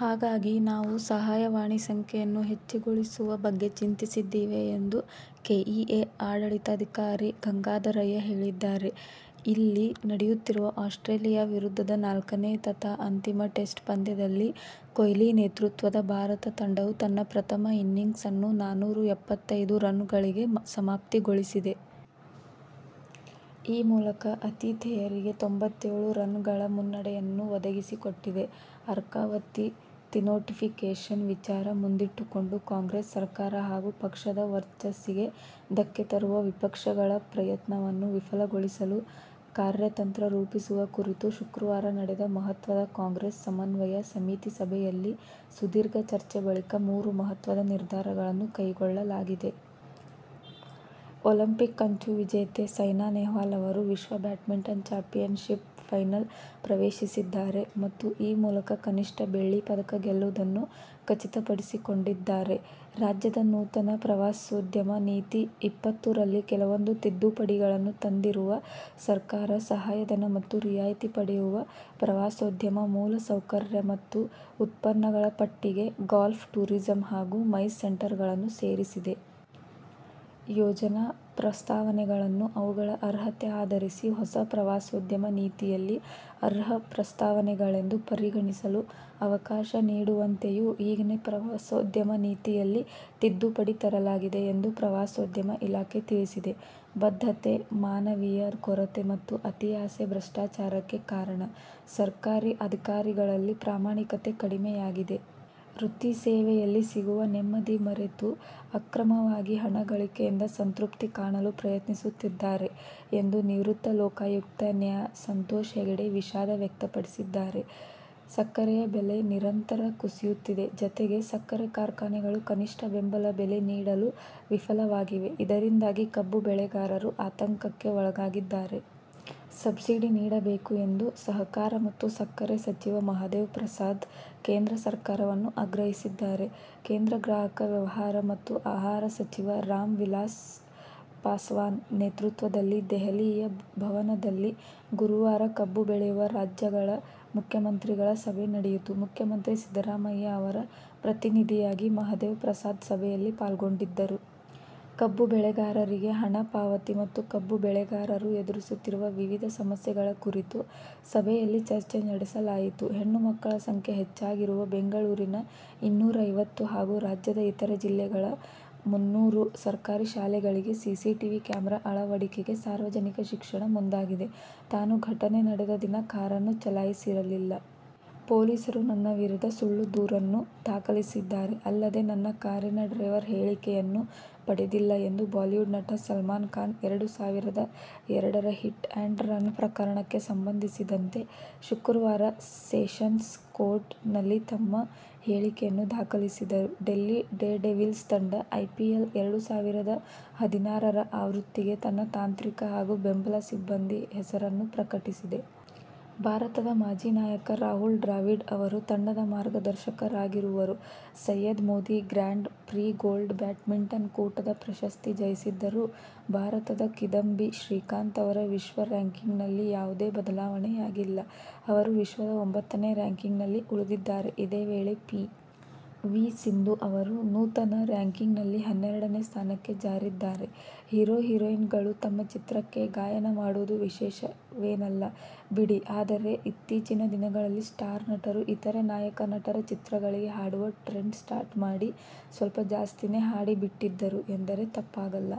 ಹಾಗಾಗಿ ನಾವು ಸಹಾಯವಾಣಿ ಸಂಖ್ಯೆಯನ್ನು ಹೆಚ್ಚುಗೊಳಿಸುವ ಬಗ್ಗೆ ಚಿಂತಿಸಿದ್ದೇವೆ ಎಂದು ಕೆಇಎ ಆಡಳಿತಾಧಿಕಾರಿ ಗಂಗಾಧರಯ್ಯ ಹೇಳಿದ್ದಾರೆ. ಇಲ್ಲಿ ನಡೆಯುತ್ತಿರುವ ಆಸ್ಟ್ರೇಲಿಯಾ ವಿರುದ್ಧದ ನಾಲ್ಕನೇ ತಥಾ ಅಂತಿಮ ಟೆಸ್ಟ್ ಪಂದ್ಯದಲ್ಲಿ ಕೊಹ್ಲಿ ನೇತೃತ್ವದ ಭಾರತ ತಂಡವು ತನ್ನ ಪ್ರಥಮ ಇನ್ನಿಂಗ್ಸ್ ಅನ್ನು ನಾನೂರ ಎಪ್ಪತ್ತೈದು ರನ್ನುಗಳಿಗೆ ಸಮಾಪ್ತಿಗೊಳಿಸಿದೆ. ಈ ಮೂಲಕ ಆತಿಥೇಯರಿಗೆ ತೊಂಬತ್ತೇಳು ರನ್ನುಗಳ ಮುನ್ನಡೆಯನ್ನು ಒದಗಿಸಿಕೊಟ್ಟಿದೆ. ಅರ್ಕಾವತಿ ಡಿನೋಟಿಫಿಕೇಷನ್ ವಿಚಾರ ಮುಂದಿಟ್ಟು ಕೊಂಡು ಕಾಂಗ್ರೆಸ್ ಸರಕಾರ ಹಾಗೂ ಪಕ್ಷದ ವರ್ಚಸ್ಸಿಗೆ ಧಕ್ಕೆ ತರುವ ವಿಪಕ್ಷಗಳ ಪ್ರಯತ್ನವನ್ನು ವಿಫಲಗೊಳಿಸಲು ಕಾರ್ಯ ತಂತ್ರ ರೂಪಿಸುವ ಕುರಿತು ಶುಕ್ರವಾರ ನಡೆದ ಮಹತ್ವದ ಕಾಂಗ್ರೆಸ್ ಸಮನ್ವಯ ಸಮಿತಿ ಸಭೆಯಲ್ಲಿ ಸುದೀರ್ಘ ಚರ್ಚೆ ಬಳಿಕ ಮೂರು ಮಹತ್ವದ ನಿರ್ಧಾರಗಳನ್ನು ಕೈಗೊಳ್ಳಲಾಗಿದೆ. ಒಲಿಂಪಿಕ್ ಕಂಚು ವಿಜೇತೆ ಸೈನಾ ನೆಹ್ವಾಲ್ ಅವರು ವಿಶ್ವ ಬ್ಯಾಡ್ಮಿಂಟನ್ ಚಾಂಪಿಯನ್ಶಿಪ್ನ ಫೈನಲ್ ಪ್ರವೇಶಿಸಿದ್ದಾರೆ ಮತ್ತು ಈ ಮೂಲಕ ಕನಿಷ್ಠ ಬೆಳ್ಳಿ ಪದಕ ಗೆಲ್ಲುವುದನ್ನು ಖಚಿತಪಡಿಸಿಕೊಂಡಿದ್ದಾರೆ. ರಾಜ್ಯದ ನೂತನ "ಪ್ರವಾಸೋದ್ಯಮ ನೀತಿ -ಇಪ್ಪತ್ತುರಲ್ಲಿ ಕೆಲವೊಂದು ತಿದ್ದುಪಡಿಗಳನ್ನು ತಂದಿರುವ ಸರ್ಕಾರ ಸಹಾಯಧನ ಮತ್ತು ರಿಯಾಯಿತಿ ಪಡೆಯುವ ಪ್ರವಾಸೋದ್ಯಮ ಮೂಲ ಸೌಕರ್ಯ ಮತ್ತು ಉತ್ಪನ್ನಗಳಪಟ್ಟಿಗೆ "ಗಾಲ್ಫ್ ಟೂರಿಸಂ' ಹಾಗೂ "ಮೈಸ್ ಸೆಂಟರ್'ಗಳನ್ನು ಸೇರಿಸಿದೆ. ಯೋಜನಾ ಪ್ರಸ್ತಾವನೆಗಳನ್ನು ಅವುಗಳ ಅರ್ಹತೆ ಆಧರಿಸಿ ಹೊಸ ಪ್ರವಾಸೋದ್ಯಮ ನೀತಿಯಲ್ಲಿ ಅರ್ಹ ಪ್ರಸ್ತಾವನೆಗಳೆಂದು ಪರಿಗಣಿಸಲು ಅವಕಾಶ ನೀಡುವಂತೆಯೂ ಈಗಿನ ಪ್ರವಾಸೋದ್ಯಮ ನೀತಿಯಲ್ಲಿ ತಿದ್ದುಪಡಿ ತರಲಾಗಿದೆ ಎಂದು ಪ್ರವಾಸೋದ್ಯಮ ಇಲಾಖೆ ತಿಳಿಸಿದೆ. ಬದ್ಧತೆ, ಮಾನವೀಯ ಕೊರತೆ ಮತ್ತು ಅತಿಯಾಸೆ ಭ್ರಷ್ಟಾಚಾರಕ್ಕೆ ಕಾರಣ. ಸರ್ಕಾರಿ ಅಧಿಕಾರಿಗಳಲ್ಲಿ ಪ್ರಾಮಾಣಿಕತೆ ಕಡಿಮೆಯಾಗಿದೆ. ವೃತ್ತಿ ಸೇವೆಯಲ್ಲಿ ಸಿಗುವ ನೆಮ್ಮದಿ ಮರೆತು ಅಕ್ರಮವಾಗಿ ಹಣ ಗಳಿಕೆಯಿಂದ ಸಂತೃಪ್ತಿ ಕಾಣಲು ಪ್ರಯತ್ನಿಸುತ್ತಿದ್ದಾರೆ ಎಂದು ನಿವೃತ್ತ ಲೋಕಾಯುಕ್ತ ನ್ಯಾ. ಸಂತೋಷ್ ಹೆಗಡೆ ವಿಷಾದ ವ್ಯಕ್ತಪಡಿಸಿದ್ದಾರೆ. ಸಕ್ಕರೆ ಬೆಲೆ ನಿರಂತರ ಕುಸಿಯುತ್ತಿದೆ. ಜತೆಗೆ, ಸಕ್ಕರೆ ಕಾರ್ಖಾನೆಗಳು ಕನಿಷ್ಠ ಬೆಂಬಲ ಬೆಲೆ ನೀಡಲು ವಿಫಲವಾಗಿವೆ. ಇದರಿಂದಾಗಿ ಕಬ್ಬು ಬೆಳೆಗಾರರು ಆತಂಕಕ್ಕೆ ಒಳಗಾಗಿದ್ದಾರೆ. ಸಬ್ಸಿಡಿ ನೀಡಬೇಕು ಎಂದು ಸಹಕಾರ ಮತ್ತು ಸಕ್ಕರೆ ಸಚಿವ ಮಹಾದೇವ ಪ್ರಸಾದ್ ಕೇಂದ್ರ ಸರ್ಕಾರವನ್ನು ಆಗ್ರಹಿಸಿದ್ದಾರೆ. ಕೇಂದ್ರ ಗ್ರಾಹಕ ವ್ಯವಹಾರ ಮತ್ತು ಆಹಾರ ಸಚಿವ ರಾಮ್ ವಿಲಾಸ್ ಪಾಸ್ವಾನ್ ನೇತೃತ್ವದಲ್ಲಿ ದೆಹಲಿಯ ಭವನದಲ್ಲಿ ಗುರುವಾರ ಕಬ್ಬು ಬೆಳೆಯುವ ರಾಜ್ಯಗಳ ಮುಖ್ಯಮಂತ್ರಿಗಳ ಸಭೆ ನಡೆಯಿತು. ಮುಖ್ಯಮಂತ್ರಿ ಸಿದ್ದರಾಮಯ್ಯ ಅವರ ಪ್ರತಿನಿಧಿಯಾಗಿ ಮಹದೇವ ಪ್ರಸಾದ್ ಸಭೆಯಲ್ಲಿ ಪಾಲ್ಗೊಂಡಿದ್ದರು. ಕಬ್ಬು ಬೆಳೆಗಾರರಿಗೆ ಹಣ ಪಾವತಿ ಮತ್ತು ಕಬ್ಬು ಬೆಳೆಗಾರರು ಎದುರಿಸುತ್ತಿರುವ ವಿವಿಧ ಸಮಸ್ಯೆಗಳ ಕುರಿತು ಸಭೆಯಲ್ಲಿ ಚರ್ಚೆ ನಡೆಸಲಾಯಿತು. ಹೆಣ್ಣುಮಕ್ಕಳ ಸಂಖ್ಯೆ ಹೆಚ್ಚಾಗಿರುವ ಬೆಂಗಳೂರಿನ ಇನ್ನೂರೈವತ್ತು ಹಾಗೂ ರಾಜ್ಯದ ಇತರೆ ಜಿಲ್ಲೆಗಳ ಮುನ್ನೂರು ಸರ್ಕಾರಿ ಶಾಲೆಗಳಿಗೆ ಸಿಸಿಟಿವಿ ಕ್ಯಾಮರಾ ಅಳವಡಿಕೆಗೆ ಸಾರ್ವಜನಿಕ ಶಿಕ್ಷಣ ಮುಂದಾಗಿದೆ. ತಾನು ಘಟನೆ ನಡೆದ ದಿನ ಕಾರನ್ನು ಚಲಾಯಿಸಿರಲಿಲ್ಲ. ಪೊಲೀಸರು ನನ್ನ ವಿರುದ್ಧ ಸುಳ್ಳು ದೂರನ್ನು ದಾಖಲಿಸಿದ್ದಾರೆ. ಅಲ್ಲದೇ ನನ್ನ ಕಾರಿನ ಡ್ರೈವರ್ ಹೇಳಿಕೆಯನ್ನೂ ಪಡೆದಿಲ್ಲ ಎಂದು ಬಾಲಿವುಡ್ ನಟ ಸಲ್ಮಾನ್ ಖಾನ್ ಎರಡು ಸಾವಿರದ ಎರಡರ ಹಿಟ್ ಅಂಡ್ ರನ್ ಪ್ರಕರಣಕ್ಕೆ ಸಂಬಂಧಿಸಿದಂತೆ ಶುಕ್ರವಾರ ಸೆಷನ್ಸ್ ಕೋರ್ಟ್ ನಲ್ಲಿ ತಮ್ಮ ಹೇಳಿಕೆಯನ್ನು ದಾಖಲಿಸಿದರು. ಡೆಲ್ಲಿ ಡೇರ್ಡೆವಿಲ್ಸ್ ತಂಡ ಐಪಿಎಲ್ ಎರಡು ಸಾವಿರದ ಹದಿನಾರರ ಆವೃತ್ತಿಗೆ ತನ್ನ ತಾಂತ್ರಿಕ ಹಾಗೂ ಬೆಂಬಲ ಸಿಬಂದಿ ಹೆಸರನ್ನು ಪ್ರಕಟಿಸಿದೆ. ಭಾರತದ ಮಾಜಿ ನಾಯಕ ರಾಹುಲ್ ದ್ರಾವಿಡ್ ಅವರು ತಂಡದ ಮಾರ್ಗದರ್ಶಕರಾಗಿರುವರು. Syed Modi Grand Prix Gold badminton ಕೂಟದ ಪ್ರಶಸ್ತಿ ಜಯಿಸಿದ್ದರೂ ಭಾರತದ ಕಿದಂಬಿ ಶ್ರೀಕಾಂತ್ ಅವರ ವಿಶ್ವ ರ‍್ಯಾಂಕಿಂಗ್ ನಲ್ಲಿ ಯಾವುದೇ ಬದಲಾವಣೆಯಾಗಿಲ್ಲ. ಅವರು ವಿಶ್ವದ ಒಂಬತ್ತನೇ ರ‍್ಯಾಂಕಿಂಗ್ ನಲ್ಲಿ ಉಳಿದಿದ್ದಾರೆ. ಇದೇ ವೇಳೆ ಪಿ. ವಿ. ಸಿಂಧು ಅವರು ನೂತನ ರ‍್ಯಾಂಕಿಂಗ್ ನಲ್ಲಿ ಹನ್ನೆರಡನೇ ಸ್ಥಾನಕ್ಕೆ ಜಾರಿದ್ದಾರೆ. ಹೀರೊ-ಹೀರೊಯಿನ್'ಗಳು ತಮ್ಮ ಚಿತ್ರಕ್ಕೆ ಗಾಯನ ಮಾಡುವುದು ವಿಶೇಷವೇನಲ್ಲ ಬಿಡಿ ಆದರೆ ಇತ್ತೀಚಿನ ದಿನಗಳಲ್ಲಿ ಸ್ಟಾರ್ ನಟರು ಇತರೆ ನಾಯಕ ನಟರ ಚಿತ್ರಗಳಿಗೆ ಹಾಡುವ ಟ್ರೆಂಡ್ ಸ್ಟಾರ್ಟ್ ಮಾಡಿ ಸ್ವಲ್ಪ ಜಾಸ್ತಿನೇ ಹಾಡಿಬಿಟ್ಟಿದ್ದರು ಎಂದರೆ ತಪ್ಪಾಗಲ್ಲ.